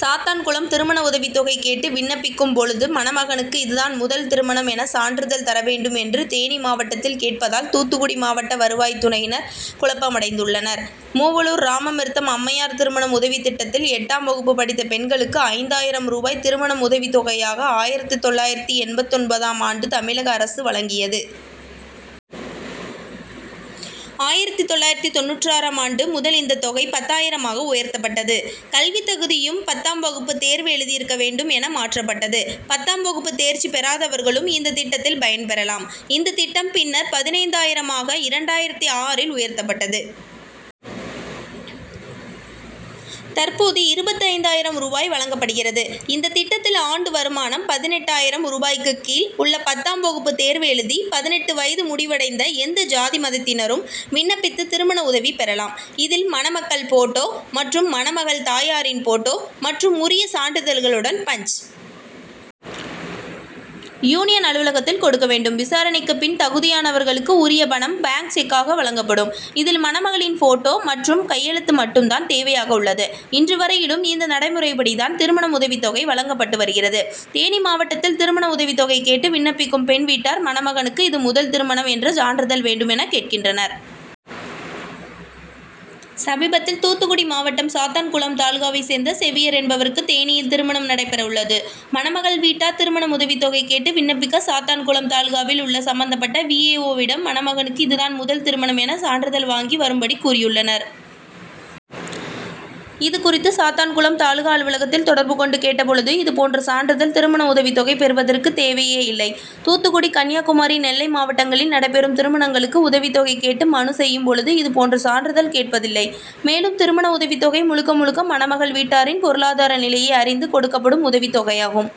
சாத்தான்குளம் திருமண உதவித்தொகை கேட்டு விண்ணப்பிக்கும் பொழுது மணமகனுக்கு இதுதான் முதல் திருமணம் என சான்றிதழ் தர வேண்டும் என்று தேனி மாவட்டத்தில் கேட்பதால் தூத்துக்குடி மாவட்ட வருவாய்த்துறையினர் குழப்பமடைந்துள்ளனர். மூவலூர் ராமாமிர்தம் அம்மையார் திருமண உதவித்திட்டத்தில் எட்டாம் வகுப்பு படித்த பெண்களுக்கு ஐந்தாயிரம் ரூபாய் திருமண உதவித்தொகையாக ஆயிரத்து தொள்ளாயிரத்து எண்பத்தொன்பதாம் ஆண்டு தமிழக அரசு வழங்கியது. ஆயிரத்து தொள்ளாயிரத்து தொண்ணூற்றாறாம் ஆண்டு முதல் இந்தத் தொகை பத்தாயிரமாக உயர்த்தப்பட்டது. கல்வித்தகுதியும் பத்தாம் வகுப்பு தேர்வு எழுதி இருக்க வேண்டும் என மாற்றப்பட்டது. பத்தாம் வகுப்பு தேர்ச்சி பெறாதவர்களும் இந்தத் திட்டத்தில் பயன் பெறலாம். இந்தத் திட்டம் பின்னர் பதினைந்தாயிரமாக இரண்டாயிரத்து ஆறில் உயர்த்தப்பட்டது. தற்போது இருபத்தைந்தாயிரம் ரூபாய் வழங்கப்படுகிறது. இந்தத் திட்டத்தில் ஆண்டு வருமானம் பதினெட்டாயிரம் ரூபாய்க்கு கீழ் உள்ள பத்தாம் வகுப்பு தேர்வு எழுதி பதினெட்டு வயது முடிவடைந்த எந்த ஜாதி மதத்தினரும் விண்ணப்பித்து திருமண உதவி பெறலாம். இதில் மணமக்கள் போட்டோ மற்றும் மணமகள் தாயாரின் போட்டோ மற்றும் உரிய சான்றிதழ்களுடன் பஞ். யூனியன் அலுவலகத்தில் கொடுக்க வேண்டும். விசாரணைக்குப் பின் தகுதியானவர்களுக்கு உரிய பணம் பாங்க் செக்காக வழங்கப்படும். இதில் மணமகளின் போட்டோ மற்றும் கையெழுத்து மட்டும் தான் தேவையாக உள்ளது. இன்று வரையிலும் இந்த நடைமுறைப்படித்தான் திருமண உதவித்தொகை வழங்கப்பட்டு வருகிறது. தேனி மாவட்டத்தில் திருமண உதவித்தொகை கேட்டு விண்ணப்பிக்கும் பெண் வீட்டார் மணமகனுக்கு இது முதல் திருமணம் என சான்றிதழ் வேண்டும் என கேட்கின்றனர். சமீபத்தில் தூத்துக்குடி மாவட்டம் சாத்தான்குளம் தாலுகாவைச் சேர்ந்த சேவியர் என்பவருக்கு தேனியில் திருமணம் நடைபெற உள்ளது. மணமகள் வீட்டார் திருமண உதவித்தொகை கேட்டு விண்ணப்பிக்க சாத்தான்குளம் தாலுகாவில் உள்ள சம்பந்தப்பட்ட வி. ஏ. ஓ.விடம் மணமகனுக்கு இதுதான் முதல் திருமணம் என சான்றிதழ் வாங்கி வரும்படி கூறியுள்ளனர். இது குறித்து சாத்தான்குளம் தாலுகா அலுவலகத்தில் தொடர்பு கொண்டு கேட்ட பொழுது இது போன்ற சான்றிதழ் திருமண உதவித்தொகை பெறுவதற்கு தேவையே இல்லை. தூத்துக்குடி கன்னியாகுமரி நெல்லை மாவட்டங்களில் நடைபெறும் திருமணங்களுக்கு உதவித்தொகை கேட்டு மனு செய்யும் பொழுது இது போன்ற சான்றிதழ் கேட்பதில்லை. மேலும் திருமண உதவித்தொகை முழுக்க முழுக்க மணமகள் வீட்டாரின் பொருளாதார நிலையை அறிந்து கொடுக்கப்படும் உதவித்தொகையாகும்.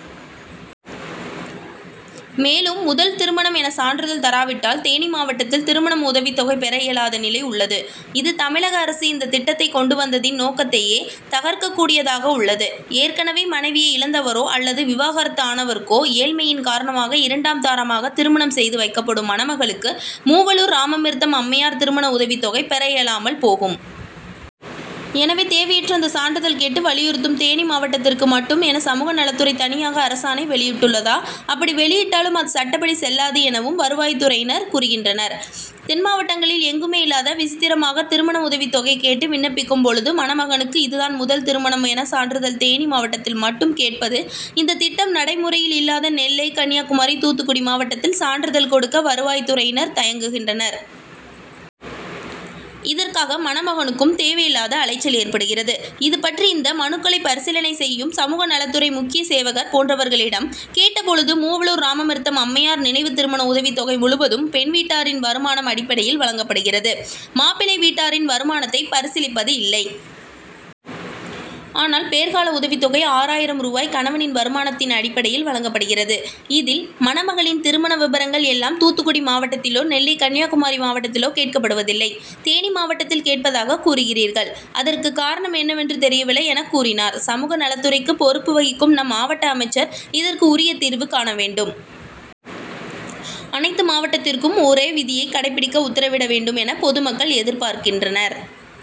மேலும் முதல் திருமணம் என சான்றிதழ் தராவிட்டால் தேனி மாவட்டத்தில் திருமண உதவித்தொகை பெற இயலாத நிலை உள்ளது. இது தமிழக அரசு இந்தத் திட்டத்தைக் கொண்டு வந்ததின் நோக்கத்தையே தகர்க்கக்கூடியதாக உள்ளது. ஏற்கனவே மனைவியை இழந்தவரோ அல்லது விவாகரத்து ஆனவருக்கோ ஏழ்மையின் காரணமாக இரண்டாம் தாரமாக திருமணம் செய்து வைக்கப்படும் மணமகளுக்கு மூவலூர் ராமாமிர்தம் அம்மையார் திருமண உதவித்தொகை பெற இயலாமல் போகும். எனவே தேவையற்ற இந்த சான்றிதழ் கேட்டு வலியுறுத்தும் தேனி மாவட்டத்திற்கு மட்டும் என சமூக நலத்துறை தனியாக அரசாணை வெளியிட்டுள்ளதா அப்படி வெளியிட்டாலும் அது சட்டப்படி செல்லாது எனவும் வருவாய்த்துறையினர் கூறுகின்றனர். தென்மாவட்டங்களில் எங்குமே இல்லாத விசித்திரமாக திருமண உதவித்தொகை கேட்டு விண்ணப்பிக்கும் பொழுது மணமகனுக்கு இதுதான் முதல் திருமணம் என சான்றிதழ் தேனி மாவட்டத்தில் மட்டும் கேட்பது இந்த திட்டம் நடைமுறையில் இல்லாத நெல்லை கன்னியாகுமரி தூத்துக்குடி மாவட்டத்தில் சான்றிதழ் கொடுக்க வருவாய்த்துறையினர் தயங்குகின்றனர். இதற்காக மணமகனுக்கும் தேவையில்லாத அலைச்சல் ஏற்படுகிறது. இது பற்றி இந்த மனுக்களை பரிசீலனை செய்யும் சமூக நலத்துறை முக்கிய சேவகர் போன்றவர்களிடம் கேட்ட பொழுது மூவலூர் ராமாமிர்தம் அம்மையார் நினைவு திருமண உதவித்தொகை முழுவதும் பெண் வீட்டாரின் வருமானம் அடிப்படையில் வழங்கப்படுகிறது. மாப்பிள்ளை வீட்டாரின் வருமானத்தை பரிசீலிப்பது இல்லை. ஆனால் பேறு கால உதவித்தொகை ஆறாயிரம் ரூபாய் கணவனின் வருமானத்தின் அடிப்படையில் வழங்கப்படுகிறது. இதில் மணமகளின் திருமண விபரங்கள் எல்லாம் தூத்துக்குடி மாவட்டத்திலோ நெல்லை கன்னியாகுமரி மாவட்டத்திலோ கேட்கப்படுவதில்லை. தேனி மாவட்டத்தில் கேட்பதாகக் கூறுகிறீர்கள். அதற்கு காரணம் என்னவென்று தெரியவில்லை என கூறினார். சமூக நலத்துறைக்கு பொறுப்பு வகிக்கும் நம் மாவட்ட அமைச்சர் இதற்கு உரிய தீர்வு காண வேண்டும். அனைத்து மாவட்டத்திற்கும் ஒரே விதியை கடைபிடிக்க உத்தரவிட வேண்டும் என பொது மக்கள் எதிர்பார்க்கின்றனர்.